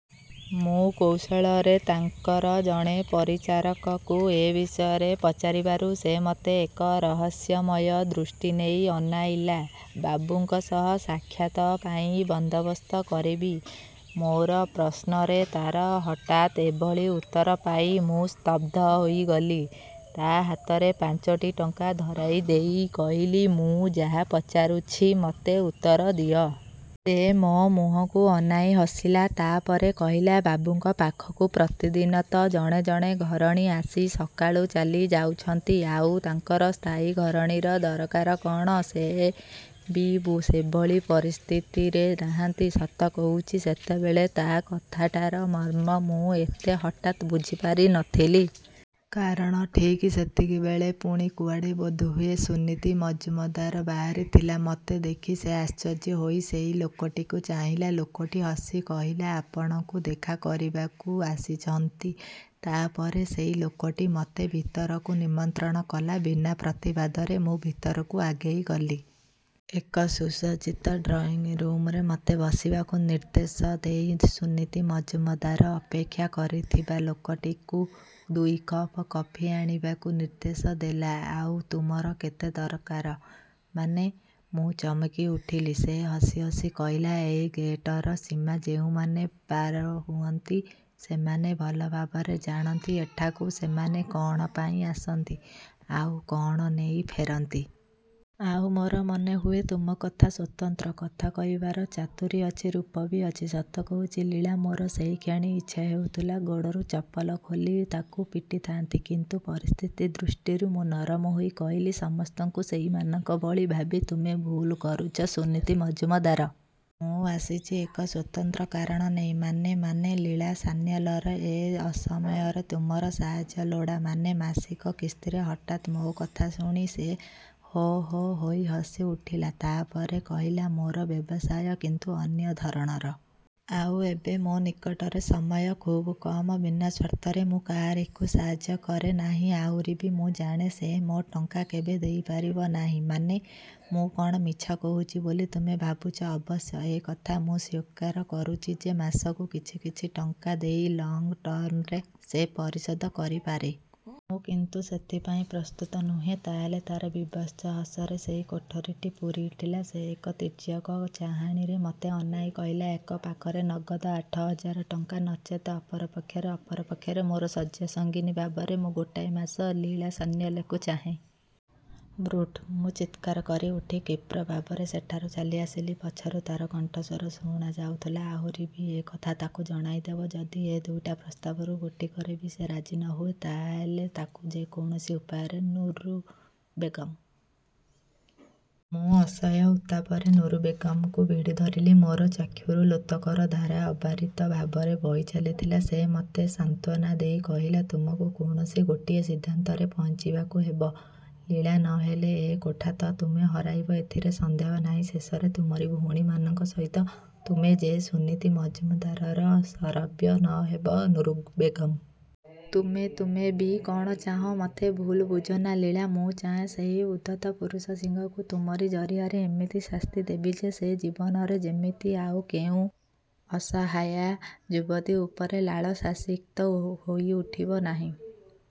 ମୁଁ କୌଶଳରେ ତାଙ୍କର ଜଣେ ପରିଚାରକକୁ ଏ ବିଷୟରେ ପଚାରିବାରୁ ସେ ମୋତେ ଏକ ରହସ୍ୟମୟ ଦୃଷ୍ଟି ନେଇ ଅନାଇଲା। ବାବୁଙ୍କ ସହ ସାକ୍ଷାତ ପାଇଁ ବନ୍ଦୋବସ୍ତ କରିବି? ମୋର ପ୍ରଶ୍ନରେ ତାର ହଠାତ୍ ଏଭଳି ଉତ୍ତର ପାଇ ମୁଁ ସ୍ତବ୍ଧ ହୋଇଗଲି। ତା ହାତରେ ପାଞ୍ଚଟି ଟଙ୍କା ଧରାଇ ଦେଇ କହିଲି, ମୁଁ ଯାହା ପଚାରୁଛି, ମୋତେ ଉତ୍ତର ଦିଅ। ସେ ମୋ ମୁହଁକୁ ଅନାଇ ହସିଲା। ତା ପରେ କହିଲା, ବାବୁଙ୍କ ପାଖକୁ ପ୍ରତିଦିନ ତ ଜଣେ ଜଣେ ଘରଣୀ ଆସି ସକାଳୁ ଚାଲି ଯାଉଛନ୍ତି, ଆଉ ତାଙ୍କର ସ୍ଥାୟୀ ଘରଣୀର ଦରକାର କଣ? ସେ ବି ସେଭଳି ପରିସ୍ଥିତିରେ ନାହାନ୍ତି। ସତ କହୁଛି, ସେତେବେଳେ ତା କଥାଟାର ମର୍ମ ମୁଁ ଏତେ ହଠାତ୍ ବୁଝିପାରିନଥିଲି। କାରଣ ଠିକ୍ ସେତିକିବେଳେ ପୁଣି କୁଆଡ଼େ ବୋଧହୁଏ ସୁନୀତି ମଜୁମଦାର ବାହାରିଥିଲା। ମୋତେ ଦେଖି ସେ ଆଶ୍ଚର୍ଯ୍ୟ ହୋଇ ସେହି ଲୋକଟିକୁ ଚାହିଁଲା। ଲୋକଟି ହସି କହିଲା, ଆପଣଙ୍କୁ ଦେଖା କରିବାକୁ ଆସିଛନ୍ତି। ତା ପରେ ସେହି ଲୋକଟି ମୋତେ ଭିତରକୁ ନିମନ୍ତ୍ରଣ କଲା। ବିନା ପ୍ରତିବାଦରେ ମୁଁ ଭିତରକୁ ଆଗେଇ ଗଲି। ଏକ ସୁସଜ୍ଜିତ ଡ୍ରଇଁ ରୁମରେ ମୋତେ ବସିବାକୁ ନିର୍ଦ୍ଦେଶ ଦେଇ ସୁନୀତି ମଜୁମଦାର ଅପେକ୍ଷା କରିଥିବା ଲୋକଟିକୁ ଦୁଇ କପ୍ କଫି ଆଣିବାକୁ ନିର୍ଦ୍ଦେଶ ଦେଲା। ଆଉ ତୁମର କେତେ ଦରକାର? ମାନେ? ମୁଁ ଚମକିଉଠିଲି। ସେ ହସି ହସି କହିଲା ଏହି ଗେଟର ସୀମା ଯେଉଁମାନେ ପାର ହୁଅନ୍ତି, ସେମାନେ ଭଲ ଭାବରେ ଜାଣନ୍ତି ଏଠାକୁ ସେମାନେ କଣ ପାଇଁ ଆସନ୍ତି, ଆଉ କଣ ନେଇ ଫେରନ୍ତି। ଆଉ ମୋର ମନେହୁଏ ତୁମ କଥା ସ୍ୱତନ୍ତ୍ର। କଥା କହିବାର ଚାତୁରୀ ଅଛି ରୂପ ବି ଅଛି। ସତ କହୁଛି ଲୀଳା, ମୋର ସେହିକ୍ଷଣି ଇଚ୍ଛା ହେଉଥିଲା, ଗୋଡ଼ରୁ ଚପଲ ଖୋଲି ତାକୁ ପିଟିଥାନ୍ତି। କିନ୍ତୁ ପରିସ୍ଥିତି ଦୃଷ୍ଟିରୁ ମୁଁ ନରମ ହୋଇ କହିଲି, ସମସ୍ତଙ୍କୁ ସେହିମାନଙ୍କ ଭଳି ଭାବି ତୁମେ ଭୁଲ୍ କରୁଛ ସୁନୀତି ମଜୁମଦାର। ମୁଁ ଆସିଛି ଏକ ସ୍ୱତନ୍ତ୍ର କାରଣ ନେଇ। ମାନେ? ମାନେ, ଲୀଳା ସାନ୍ନ୍ୟାଲର ଏ ଅସମୟରେ ତୁମର ସାହାଯ୍ୟ ଲୋଡ଼ା। ମାନେ ମାସିକ କିସ୍ତିରେ ହଠାତ୍ ମୋ କଥା ଶୁଣି ସେ ହୋ ହୋ ହୋଇ ହସିଉଠିଲା। ତା ପରେ କହିଲା, ମୋର ବ୍ୟବସାୟ କିନ୍ତୁ ଅନ୍ୟ ଧରଣର। ଆଉ ଏବେ ମୋ ନିକଟରେ ସମୟ ଖୁବ୍ କମ୍। ବିନା ସ୍ୱାର୍ଥରେ ମୁଁ କାହାରିକୁ ସାହାଯ୍ୟ କରେ ନାହିଁ। ଆହୁରି ବି ମୁଁ ଜାଣେ, ସେ ମୋ ଟଙ୍କା କେବେ ଦେଇପାରିବ ନାହିଁ। ମାନେ? ମୁଁ କଣ ମିଛ କହୁଛି ବୋଲି ତୁମେ ଭାବୁଛ? ଅବଶ୍ୟ ଏ କଥା ମୁଁ ସ୍ୱୀକାର କରୁଛି ଯେ, ମାସକୁ କିଛି କିଛି ଟଙ୍କା ଦେଇ ଲଙ୍ଗ୍ ଟର୍ମରେ ସେ ପରିଶୋଧ କରିପାରେ। ମୁଁ କିନ୍ତୁ ସେଥିପାଇଁ ପ୍ରସ୍ତୁତ ନୁହେଁ। ତା ହେଲେ? ତାର ବୀଭତ୍ସ ହସରେ ସେହି କୋଠରିଟି ପୂରିଉଠିଲା। ସେ ଏକ ତୀର୍ଯ୍ୟକ୍ ଚାହାଣୀରେ ମୋତେ ଅନାଇ କହିଲା, ଏକ ପାଖରେ ନଗଦ ଆଠ ହଜାର ଟଙ୍କା, ନଚେତ୍ ଅପର ପକ୍ଷରେ ଅପର ପକ୍ଷରେ? ମୋର ଶଯ୍ୟାସଙ୍ଗିନୀ ଭାବରେ ମୁଁ ଗୋଟାଏ ମାସ ଲୀଳା ସାନ୍ନ୍ୟାଲକୁ ଚାହେଁ। ବ୍ରୁଟ! ମୁଁ ଚିତ୍କାର କରିଉଠି କ୍ଷୀପ୍ର ଭାବରେ ସେଠାରୁ ଚାଲିଆସିଲି। ପଛରୁ ତାର କଣ୍ଠସ୍ୱର ଶୁଣାଯାଉଥିଲା, ଆହୁରି ବି ଏ କଥା ତାକୁ ଜଣାଇଦେବ, ଯଦି ଏ ଦୁଇଟା ପ୍ରସ୍ତାବରୁ ଗୋଟିକରେ ବି ସେ ରାଜି ନ ହୁଏ, ତା ହେଲେ ତାକୁ ଯେ କୌଣସି ଉପାୟରେ ନୁରୁ ବେଗମ୍! ମୁଁ ଅସହ୍ୟ ଉତ୍ତାପରେ ନୁରୁ ବେଗମ୍‌କୁ ଭିଡ଼ିଧରିଲି। ମୋର ଚକ୍ଷୁରୁ ଲୋତକର ଧାରା ଅବାରିତ ଭାବରେ ବହି ଚାଲିଥିଲା। ସେ ମୋତେ ସାନ୍ତ୍ୱନା ଦେଇ କହିଲା, ତୁମକୁ କୌଣସି ଗୋଟିଏ ସିଦ୍ଧାନ୍ତରେ ପହଞ୍ଚିବାକୁ ହେବ, ଲୀଳା। ନ ହେଲେ ଏ କୋଠା ତ ତୁମେ ହରାଇବ ଏଥିରେ ସନ୍ଦେହ ନାହିଁ, ଶେଷରେ ତୁମରି ଭଉଣୀମାନଙ୍କ ସହିତ ତୁମେ ଯେ ସୁନୀତି ମଜୁମଦାରର ଶରବ୍ୟ ନ ହେବ ନୁରୁ ବେଗମ୍! ତୁମେ, ତୁମେ ବି କଣ ଚାହଁ ମୋତେ ଭୁଲ୍ ବୁଝନା ଲୀଳା। ମୁଁ ଚାହେଁ ସେହି ଉଦ୍ଧତ ପୁରୁଷ ସିଂହକୁ ତୁମରି ଜରିଆରେ ଏମିତି ଶାସ୍ତି ଦେବି ଯେ, ସେ ଜୀବନରେ ଯେମିତି ଆଉ କେଉଁ ଅସହାୟା ଯୁବତୀ ଉପରେ ଲାଳସାସିକ୍ତ ହୋଇଉଠିବ ନାହିଁ।